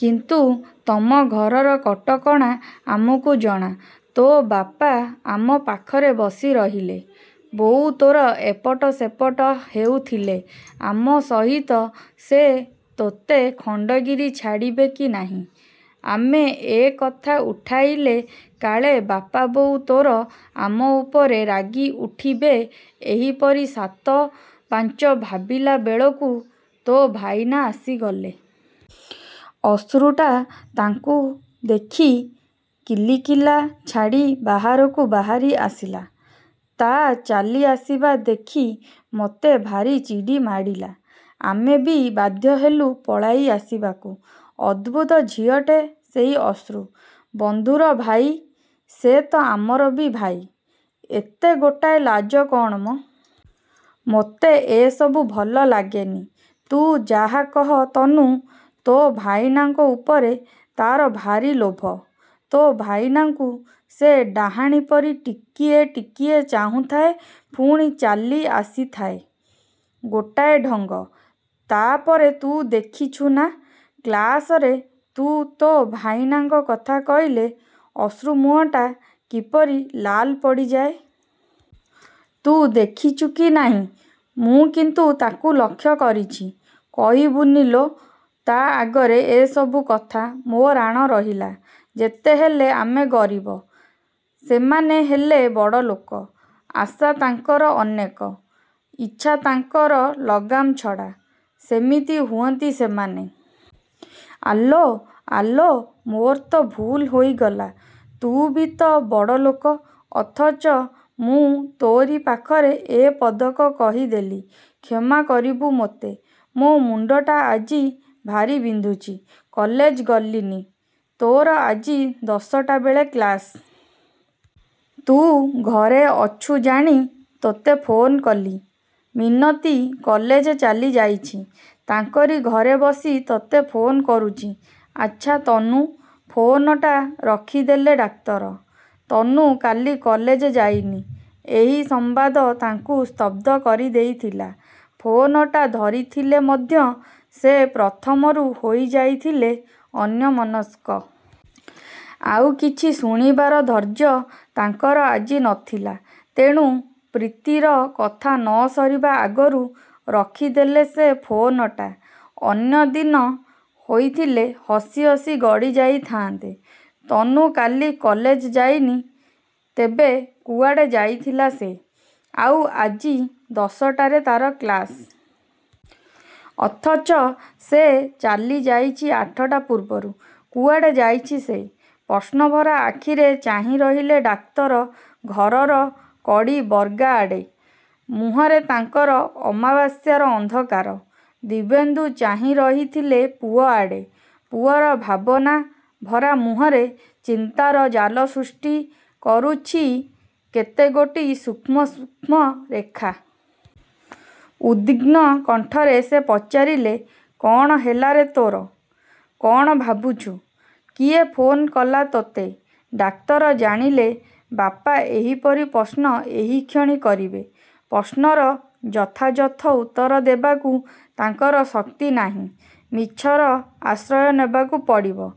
କିନ୍ତୁ ତମ ଘରର କଟକଣା ଆମକୁ ଜଣା। ତୋ ବାପା ଆମ ପାଖରେ ବସିରହିଲେ। ବୋଉ ତୋର ଏପଟ ସେପଟ ହେଉଥିଲେ। ଆମ ସହିତ ସେ ତୋତେ ଖଣ୍ଡଗିରି ଛାଡ଼ିବେ କି ନାହିଁ। ଆମେ ଏ କଥା ଉଠାଇଲେ କାଳେ ବାପା ବୋଉ ତୋର ଆମ ଉପରେ ରାଗିଉଠିବେ ଏହିପରି ସାତପାଞ୍ଚ ଭାବିଲା ବେଳକୁ ତୋ ଭାଇନା ଆସିଗଲେ! ଅଶ୍ରୁଟା ତାଙ୍କୁ ଦେଖି କିଲିକିଲା ଛାଡ଼ି ବାହାରକୁ ବାହାରି ଆସିଲା ତା' ଚାଲି ଆସିବା ଦେଖି ମୋତେ ଭାରି ଚିଡ଼ିମାଡ଼ିଲା। ଆମେ ବି ବାଧ୍ୟହେଲୁ ପଳାଇ ଆସିବାକୁ। ଅଦ୍ଭୁତ ଝିଅଟେ ସେଇ ଅଶ୍ରୁ। ବନ୍ଧୁର ଭାଇ, ସେ ତ ଆମର ବି ଭାଇ। ଏତେ ଗୋଟାଏ ଲାଜ କ'ଣ ମ। ମୋତେ ଏସବୁ ଭଲ ଲାଗେନି। ତୁ ଯାହାକହ ତନୁ, ତୋ ଭାଇନାଙ୍କ ଉପରେ ତା'ର ଭାରି ଲୋଭ। ତୋ ଭାଇନାକୁ ସେ ଡାହାଣୀପରି ଟିକିଏ ଟିକିଏ ଚାହୁଁଥାଏ ପୁଣି ଚାଲି ଆସିଥାଏ। ଗୋଟାଏ ଢଙ୍ଗ। ତା'ପରେ ତୁ ଦେଖିଛୁ ନା? କ୍ଲାସରେ ତୁ ତୋ ଭାଇନାଙ୍କ କଥା କହିଲେ ଅଶ୍ରୁ ମୁହଁଟା କିପରି ଲାଲ ପଡ଼ିଯାଏ? ତୁ ଦେଖିଛୁ କି ନାହିଁ, ମୁଁ କିନ୍ତୁ ତାକୁ ଲକ୍ଷ୍ୟ କରିଛି। କହିବୁନି ଲୋ ତା' ଆଗରେ ଏ ସବୁ କଥା, ମୋ ରାଣ ରହିଲା। ଯେତେହେଲେ ଆମେ ଗରିବ। ସେମାନେ ହେଲେ ବଡ଼ଲୋକ। ଆଶା ତାଙ୍କର ଅନେକ। ଇଚ୍ଛା ତାଙ୍କର ଲଗାମ ଛଡ଼ା। ସେମିତି ହୁଅନ୍ତି ସେମାନେ। ଆଲୋ, ଆଲୋ ମୋର ତ ଭୁଲ୍ ହୋଇଗଲା। ତୁ ବି ତ ବଡ଼ ଲୋକ। ଅଥଚ, ମୁଁ ତୋରି ପାଖରେ ଏ ପଦକ କହିଦେଲି। କ୍ଷମା କରିବୁ ମୋତେ। ମୋ ମୁଣ୍ଡଟା ଆଜି ଭାରି ବିନ୍ଧୁଛି। କଲେଜ ଗଲିନି। ତୋର ଆଜି ଦଶଟା ବେଳେ କ୍ଲାସ। ତୁ ଘରେ ଅଛୁ ଜାଣି ତୋତେ ଫୋନ କଲି-। ମିନତୀ କଲେଜ ଚାଲିଯାଇଛି। ତାଙ୍କରି ଘରେ ବସି ତୋତେ ଫୋନ କରୁଛି। ଆଚ୍ଛା ତନୁ ଫୋନଟା ରଖିଦେଲେ ଡାକ୍ତର। ତନୁ କାଲି କଲେଜ ଯାଇନି ଏହି ସମ୍ୱାଦ ତାଙ୍କୁ ସ୍ତବ୍ଧ କରିଦେଇଥିଲା। ଫୋନଟା ଧରିଥିଲେ ମଧ୍ୟ ସେ ପ୍ରଥମରୁ ହୋଇଯାଇଥିଲେ ଅନ୍ୟମନସ୍କ। ଆଉ କିଛି ଶୁଣିବାର ଧୈର୍ଯ୍ୟ ତାଙ୍କର ଆଜି ନଥିଲା। ତେଣୁ ପ୍ରୀତିର କଥା ନ ସରିବା ଆଗରୁ ରଖିଦେଲେ ସେ ଫୋନଟା। ଅନ୍ୟଦିନ ହୋଇଥିଲେ ହସି ହସି ଗଡ଼ି ଯାଇଥାନ୍ତେ। ତନୁ କାଲି କଲେଜ ଯାଇନି, ତେବେ କୁଆଡ଼େ ଯାଇଥିଲା ସେ। ଆଉ ଆଜି, ଦଶଟାରେ ତାର କ୍ଳାସ୍। ଅଥଚ ସେ ଚାଲିଯାଇଛି ଆଠଟା ପୂର୍ବରୁ। କୁଆଡ଼େ ଯାଇଛି ସେ! ପ୍ରଶ୍ନଭରା ଆଖିରେ ଚାହିଁ ରହିଲେ ଡାକ୍ତର ଘରର କଡ଼ି ବର୍ଗା ଆଡ଼େ। ମୁହଁରେ ତାଙ୍କର ଅମାବାସ୍ୟାର ଅନ୍ଧକାର। ଦିବ୍ୟେନ୍ଦୁ ଚାହିଁ ରହିଥିଲେ ପୁଅଆଡ଼େ। ପୁଅର ଭାବନା ଭରା ମୁହଁରେ ଚିନ୍ତାର ଜାଲ ସୃଷ୍ଟି କରୁଛି କେତେଗୋଟି ସୂକ୍ଷ୍ମ ସୂକ୍ଷ୍ମ ରେଖା। ଉଦ୍ବିଗ୍ନ କଣ୍ଠରେ ସେ ପଚାରିଲେ-କ'ଣ ହେଲାରେ ତୋର? କ'ଣ ଭାବୁଛୁ? କିଏ ଫୋନ୍ କଲା ତୋତେ? ଡାକ୍ତର ଜାଣିଲେ ବାପା ଏହିପରି ପ୍ରଶ୍ନ ଏହିକ୍ଷଣି କରିବେ। ପ୍ରଶ୍ନର ଯଥାଯଥ ଉତ୍ତରଦେବାକୁ ତାଙ୍କର ଶକ୍ତି ନାହିଁ। ମିଛର ଆଶ୍ରୟ ନେବାକୁ ପଡ଼ିବ।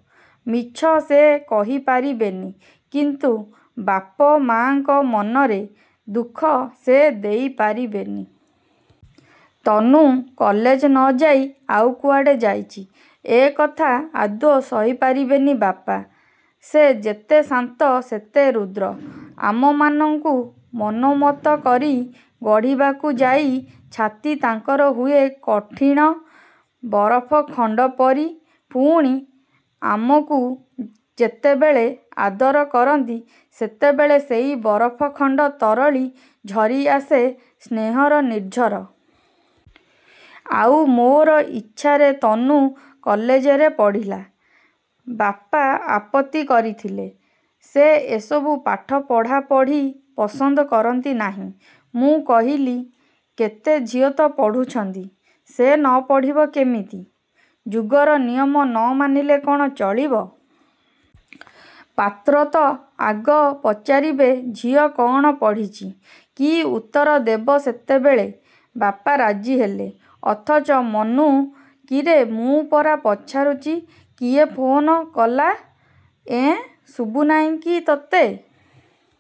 ମିଛ ସେ କହିପାରିବେନି; କିନ୍ତୁ ବାପ ମାଆଙ୍କ ମନରେ ଦୁଃଖ ସେ ଦେଇପାରିବେନି। ତନୁ କଲେଜ ନଯାଇ ଆଉ କୁଆଡ଼େ ଯାଇଛି, ଏ କଥା ଆଦୌ ସହିପାରିବେନି ବାପା। ସେ ଯେତେ ଶାନ୍ତ, ସେତେ ରୁଦ୍ର। ଆମମାନଙ୍କୁ ମନୋମତ କରି ଗଢ଼ିବାକୁ ଯାଇ ଛାତି ତାଙ୍କର ହୁଏ କଠିଣ ବରଫ ଖଣ୍ଡ ପରି ପୁଣି, ଆମକୁ ଯେତେବେଳେ ଆଦର କରନ୍ତି ସେତେବେଳେ ସେଇ ବରଫ ଖଣ୍ଡ ତରଳି ଝରିଆସେ ସ୍ନେହର ନିର୍ଝର। ଆଉ ମୋର ଇଚ୍ଛାରେ ତନୁ କଲେଜରେ ପଢ଼ିଲା। ବାପା ଆପତ୍ତି କରିଥିଲେ। ସେ ଏସବୁ ପାଠ ପଢ଼ା ପଢ଼ି ପସନ୍ଦ କରନ୍ତି ନାହିଁ। ମୁଁ କହିଲି କେତେ ଝିଅ ତ ପଢ଼ୁଛନ୍ତି ସେ ନ ପଢ଼ିବ କେମିତି। ଯୁଗର ନିୟମ ନ ମାନିଲେ କ'ଣ ଚଳିବ? ପାତ୍ର ତ ଆଗ ପଚାରିବେ ଝିଅ କଣ ପଢ଼ିଛି-? କି ଉତ୍ତର ଦେବ ସେତେବେଳେ? ବାପା ରାଜିହେଲେ। ଅଥଚ -ମନୁ, କିରେ, ମୁଁ ପରା ପଚାରୁଛି କିଏ ଫୋନ୍ କଲା? ଏଁ, ଶୁଭୁନାହିଁ କି ତୋତେ।